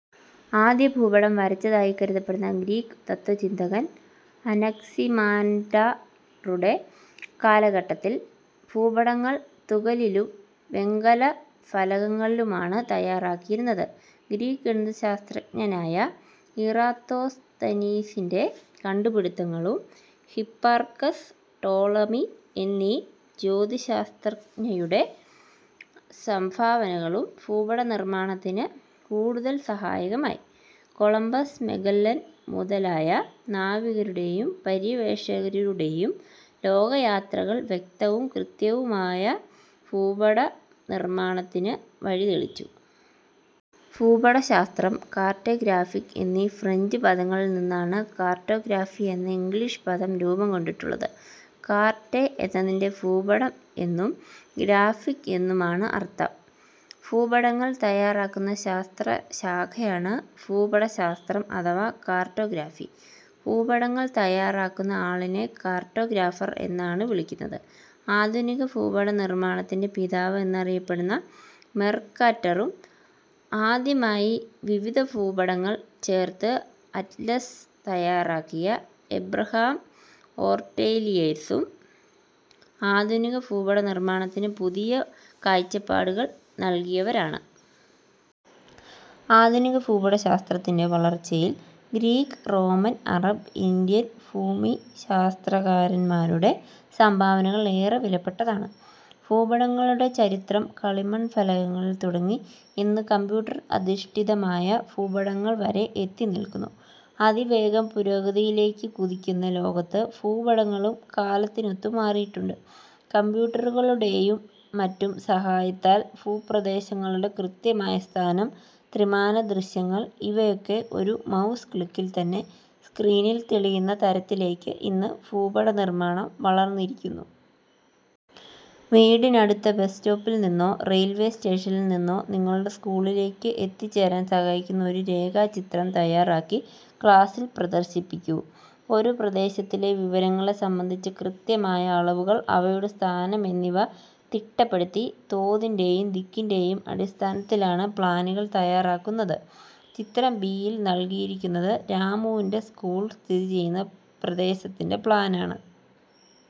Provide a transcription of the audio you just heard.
ആദ്യ ഭൂപടം വരച്ചതായി കരുതപ്പെടുന്ന ഗ്രീക്ക് തത്വചിന്തകൻ അനക്സിമാൻഡറുടെ കാലഘട്ടത്തിൽ ഭൂപടങ്ങൾ തുകലിലും വെങ്കല ഫലകങ്ങളിലുമാണ് തയ്യാറാക്കിയിരുന്നത്. ഗ്രീക്ക് ഗണിതശാസ്ത്രജ്ഞനായ ഇറാത്തോസ്തനീസിന്റെ കണ്ടുപിടുത്തങ്ങളും ഹിപ്പാർക്കസ്, ടോളമി എന്നീ ജ്യോതിശാസ്ത്രജ്ഞരുടെ സംഭാവനകളും ഭൂപടനിർമ്മാണത്തിന് കൂടുതൽ സഹായകമായി. കൊളമ്പസ്, മെഗല്ലൻ മുതലായ നാവികരുടെയും പര്യവേഷകരുടെയും ലോകയാത്രകൾ വ്യക്തവും കൃത്യവുമായ ഭൂപടനിർമ്മാണത്തിന് വഴിതെളിച്ചു. ഭൂപടശാസ്ത്രം- കാർട്ടേ ഗ്രാഫിക് എന്നീ ഫ്രഞ്ച് പദങ്ങളിൽ നിന്നാണ് കാർട്ടോഗ്രാഫി എന്ന ഇംഗ്ലീഷ് പദം രൂപംകൊണ്ടിട്ടുള്ളത്. കാർട്ടേ എന്നതിന് ഭൂപടം എന്നും ഗ്രാഫിക് എന്നുമാണ് അർഥം. ഭൂപടങ്ങൾ തയ്യാറാക്കുന്ന ശാസ്ത്രശാഖയാണ് ഭൂപടശാസ്ത്രം അഥവാ കാർട്ടോഗ്രാഫി. ഭൂപടങ്ങൾ തയ്യാറാക്കുന്ന ആളിനെ കാർട്ടോഗ്രാഫർ എന്നാണ് വിളിക്കുന്നത്. ആധുനിക ഭൂപടനിർമ്മാണത്തിന്റെ പിതാവ് എന്നറിയപ്പെടുന്ന മെർക്കാറ്ററും ആദ്യമായി വിവിധ ഭൂപടങ്ങൾ ചേർത്ത് "അറ്റ്ലസ്' തയ്യാറാക്കിയ എബ്രഹാം ഓർട്ടേലിയസും ആധുനിക ഭൂപടനിർമ്മാണത്തിന് പുതിയ കാഴ്ചപ്പാടുകൾ നൽകിയവരാണ്. ആധുനിക ഭൂപടശാസ്ത്രത്തിന്റെ വളർച്ചയിൽ ഗ്രീക്ക്, റോമൻ, അറബ്, ഇന്ത്യൻ ഭൂമിശാസ്ത്രകാരന്മാരുടെ സംഭാവനകൾ ഏറെ വിലപ്പെട്ടതാണ്. ഭൂപടങ്ങളുടെ ചരിത്രം കളിമൺ ഫലകങ്ങളിൽ തുടങ്ങി ഇന്ന് കമ്പ്യൂട്ടർ അധിഷ്ഠിതമായ ഭൂപടങ്ങൾ വരെ എത്തിനിൽക്കുന്നു. അതിവേഗം പുരോഗതിയിലേക്ക് കുതിക്കുന്ന ലോകത്ത് ഭൂപടങ്ങളും കാലത്തിനൊത്ത് മാറിയിട്ടുണ്ട്. കമ്പ്യൂട്ടറുകളുടെയും മറ്റും സഹായത്താൽ ഭൂപ്രദേശങ്ങളുടെ കൃത്യമായ സ്ഥാനം, ത്രിമാനദൃശ്യങ്ങൾ ഇവയൊക്കെ ഒരു മൗസ് ക്ലിക്കിൽ തന്നെ സ്ക്രീനിൽ തെളിയുന്ന തരത്തിലേക്ക് ഇന്ന് ഭൂപടനിർമ്മാണം വളർന്നിരിക്കുന്നു. വീടിനടുത്ത ബസ്സ് സ്റ്റോപ്പിൽ നിന്നോ റെയിൽവെ സ്റ്റേഷനിൽനിന്നോ നിങ്ങളുടെ സ്കൂളിലേക്ക് എത്തിച്ചേരാൻ സഹായിക്കുന്ന ഒരു രേഖാചിത്രം തയ്യാറാക്കി ക്ലാസിൽ പ്രദർശിപ്പിക്കൂ. ഒരു പ്രദേശത്തിലെ വിവരങ്ങളെ സംബന്ധിച്ച കൃത്യമായ അളവുകൾ, അവയുടെ സ്ഥാനം എന്നിവ തിട്ടപ്പെടുത്തി തോതിന്റെയും ദിക്കിന്റെയും അടിസ്ഥാനത്തിലാണ് പ്ലാനുകൾ തയ്യാറാക്കുന്നത്. ചിത്രം ബി യിൽ നൽകിയിരിക്കുന്നത് രാമുവിന്റെ സ്കൂൾ സ്ഥിതിചെയ്യുന്ന പ്രദേശത്തിന്റെ പ്ലാനാണ്.